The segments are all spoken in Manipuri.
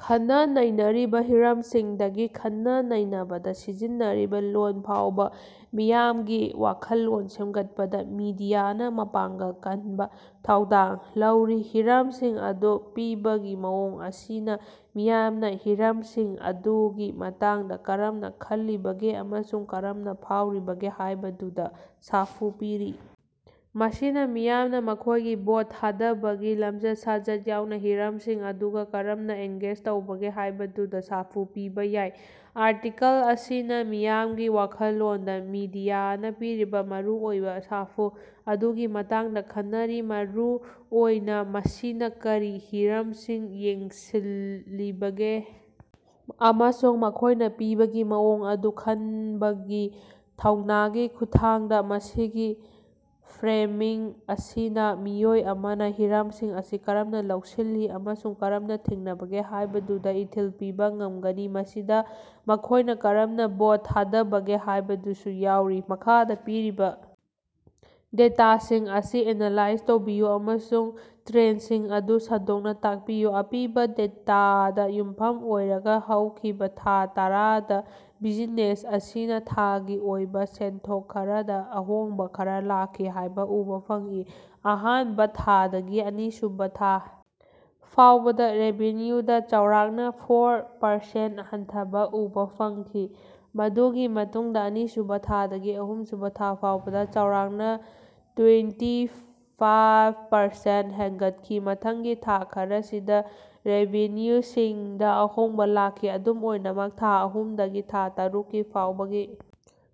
ꯈꯟꯅ ꯅꯩꯅꯔꯤꯕ ꯍꯤꯔꯝꯁꯤꯡꯗꯒꯤ ꯈꯟꯅ ꯅꯩꯅꯕꯗ ꯁꯤꯖꯤꯟꯅꯔꯤꯕ ꯂꯣꯜ ꯐꯥꯎꯕ ꯃꯤꯌꯥꯝꯒꯤ ꯋꯥꯈꯜꯂꯣꯟ ꯁꯦꯝꯒꯠꯄꯗ ꯃꯤꯗꯤꯌꯥꯅ ꯃꯄꯥꯡꯒꯜ ꯀꯟꯕ ꯊꯧꯗꯥꯡ ꯂꯧꯔꯤ꯫ ꯍꯤꯔꯝꯁꯤꯡ ꯑꯗꯨ ꯄꯤꯕꯒꯤ ꯃꯑꯣꯡ ꯑꯁꯤꯅ ꯃꯤꯌꯥꯝꯅ ꯍꯤꯔꯝꯁꯤꯡ ꯑꯗꯨꯒꯤ ꯃꯇꯥꯡꯗ ꯀꯔꯝꯅ ꯈꯜꯂꯤꯕꯒꯦ ꯑꯃꯁꯨꯡ ꯀꯔꯝꯅ ꯐꯥꯎꯔꯤꯕꯒꯦ ꯍꯥꯏꯕꯗꯨꯗ ꯁꯥꯐꯨ ꯄꯤꯔꯤ꯫ ꯃꯁꯤꯅ ꯃꯤꯌꯥꯝꯅ ꯃꯈꯣꯏꯒꯤ ꯚꯣꯠ ꯊꯥꯗꯕꯒꯤ ꯂꯝꯆꯠ ꯁꯥꯖꯠ ꯌꯥꯎꯅ ꯍꯤꯔꯝꯁꯤꯡ ꯑꯗꯨꯒ ꯀꯔꯝꯅ ꯑꯦꯡꯒꯦꯖ ꯇꯧꯕꯒꯦ ꯍꯥꯏꯕꯗꯨꯗ ꯁꯥꯐꯨ ꯄꯤꯕ ꯌꯥꯏ꯫ ꯑꯥꯔꯇꯤꯀꯜ ꯑꯁꯤꯅ ꯃꯤꯌꯥꯝꯒꯤ ꯋꯥꯈꯜꯂꯣꯟꯗ ꯃꯤꯗꯤꯌꯥꯅ ꯄꯤꯔꯤꯕ ꯃꯔꯨꯑꯣꯏꯕ ꯁꯥꯐꯨ ꯑꯗꯨꯒꯤ ꯃꯇꯥꯡꯗ ꯈꯟꯅꯔꯤ ꯃꯔꯨꯑꯣꯏꯅ ꯃꯁꯤꯅ ꯀꯔꯤ ꯍꯤꯔꯝꯁꯤꯡ ꯌꯦꯡꯁꯤꯜꯂꯤꯕꯒꯦ ꯑꯃꯁꯨꯡ ꯃꯈꯣꯏꯅ ꯄꯤꯕꯒꯤ ꯃꯑꯣꯡ ꯑꯗꯨ ꯈꯟꯕꯒꯤ ꯊꯧꯅꯥꯒꯤ ꯈꯨꯠꯊꯥꯡꯗ꯫ ꯃꯁꯤꯒꯤ ꯐꯔꯦꯃꯤꯡ ꯑꯁꯤꯅ ꯃꯤꯑꯣꯏ ꯑꯃꯅ ꯍꯤꯔꯝꯁꯤꯡ ꯑꯁꯤ ꯀꯔꯝꯅ ꯂꯧꯁꯤꯜꯂꯤ ꯑꯃꯁꯨꯡ ꯀꯔꯝꯅ ꯊꯦꯡꯅꯕꯒꯦ ꯍꯥꯏꯕꯗꯨꯗ ꯏꯊꯤꯜ ꯄꯤꯕ ꯉꯝꯒꯅꯤ ꯃꯁꯤꯗ ꯃꯈꯣꯏꯅ ꯀꯔꯝꯅ ꯚꯣꯠ ꯊꯥꯗꯕꯒꯦ ꯍꯥꯏꯕꯗꯨꯁꯨ ꯌꯥꯎꯔꯤ꯫ ꯃꯈꯥꯗ ꯄꯤꯔꯤꯕ ꯗꯦꯇꯥꯁꯤꯡ ꯑꯁꯤ ꯑꯦꯅꯥꯂꯥꯏꯖ ꯇꯧꯕꯤꯌꯨ ꯑꯃꯁꯨꯡ ꯇꯔꯦꯟꯁꯤꯡ ꯑꯗꯨ ꯁꯟꯗꯣꯛꯅ ꯇꯥꯛꯄꯤꯌꯨ꯫ ꯑꯄꯤꯕ ꯗꯦꯇꯥꯗ ꯌꯨꯝꯐꯝ ꯑꯣꯏꯔꯒ ꯍꯧꯈꯤꯕ ꯊꯥ ꯇꯔꯥ ꯗ ꯕꯤꯖꯤꯅꯦꯁ ꯑꯁꯤꯅ ꯊꯥꯒꯤ ꯑꯣꯏꯕ ꯁꯦꯟꯊꯣꯛ ꯈꯔꯗ ꯑꯍꯣꯡꯕ ꯈꯔ ꯂꯥꯛꯈꯤ ꯍꯥꯏꯕ ꯎꯕꯥ ꯐꯪꯏ꯫ ꯑꯍꯥꯟꯕ ꯊꯥꯗꯒꯤ ꯑꯅꯤꯁꯨꯕ ꯊꯥ ꯐꯥꯎꯕꯗ ꯔꯦꯚꯤꯟꯌꯨꯗ ꯆꯥꯎꯔꯥꯛꯅ ꯐꯣꯔ ꯄꯔꯁꯦꯟ ꯍꯟꯊꯕ ꯎꯕꯥ ꯐꯪꯈꯤ ꯃꯗꯨꯒꯤ ꯃꯇꯨꯡꯗ ꯑꯅꯤꯁꯨꯕ ꯊꯥꯗꯒꯤ ꯑꯍꯨꯝꯁꯨꯕ ꯊꯥ ꯐꯥꯎꯕꯗ ꯆꯥꯎꯔꯥꯛꯅ ꯇꯨꯏꯟꯇꯤ ꯐꯥꯞ ꯄꯔꯁꯦꯟ ꯍꯦꯟꯒꯠꯈꯤ꯫ ꯃꯊꯪꯒꯤ ꯊꯥ ꯈꯔꯁꯤꯗ ꯔꯦꯚꯤꯟꯌꯨꯁꯤꯡꯗ ꯑꯍꯣꯡꯕ ꯂꯥꯛꯈꯤ꯫ ꯑꯗꯨꯝ ꯑꯣꯏꯅꯃꯛ ꯊꯥ ꯑꯍꯨꯝꯗꯒꯤ ꯊꯥ ꯇꯔꯨꯛꯀꯤ ꯐꯥꯎꯕꯒꯤ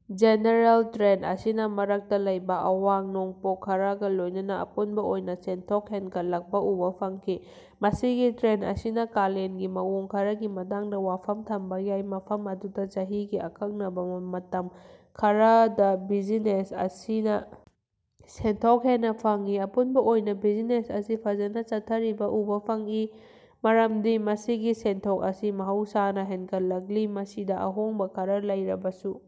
ꯖꯦꯅꯔꯦꯜ ꯇꯔꯦꯟ ꯑꯁꯤꯅ ꯃꯔꯛꯇ ꯂꯩꯕ ꯑꯋꯥꯡ ꯅꯣꯡꯄꯣꯛ ꯈꯔꯒ ꯂꯣꯏꯅꯅ ꯑꯄꯨꯟꯕ ꯑꯣꯏꯅ ꯁꯦꯟꯊꯣꯛ ꯍꯦꯟꯒꯠꯂꯛꯄ ꯎꯕꯥ ꯐꯪꯈꯤ꯫ ꯃꯁꯤꯒꯤ ꯇꯔꯦꯟ ꯑꯁꯤꯅ ꯀꯥꯂꯦꯟꯒꯤ ꯃꯑꯣꯡ ꯈꯔꯒꯤ ꯃꯇꯥꯡꯗ ꯋꯥꯐꯝ ꯊꯝꯕ ꯌꯥꯏ ꯃꯐꯝ ꯑꯗꯨꯗ ꯆꯍꯤꯒꯤ ꯑꯀꯛꯅꯕꯥ ꯃꯇꯝ ꯈꯔꯗ ꯕꯤꯖꯤꯅꯦꯁ ꯑꯁꯤꯅ ꯁꯦꯟꯊꯣꯛ ꯍꯦꯟꯅ ꯐꯪꯏ꯫ ꯑꯄꯨꯟꯕ ꯑꯣꯏꯅ ꯕꯤꯖꯤꯅꯦꯁ ꯑꯁꯤ ꯐꯖꯅ ꯆꯠꯊꯔꯤꯕ ꯎꯕꯥ ꯐꯪꯏ ꯃꯔꯝꯗꯤ ꯃꯁꯤꯒꯤ ꯁꯦꯟꯊꯣꯛ ꯑꯁꯤ ꯃꯍꯧꯁꯥꯅ ꯍꯦꯟꯒꯠꯂꯛꯂꯤ ꯃꯁꯤꯗ ꯑꯍꯣꯡꯕ ꯈꯔꯥ ꯂꯩꯔꯕꯁꯨ꯫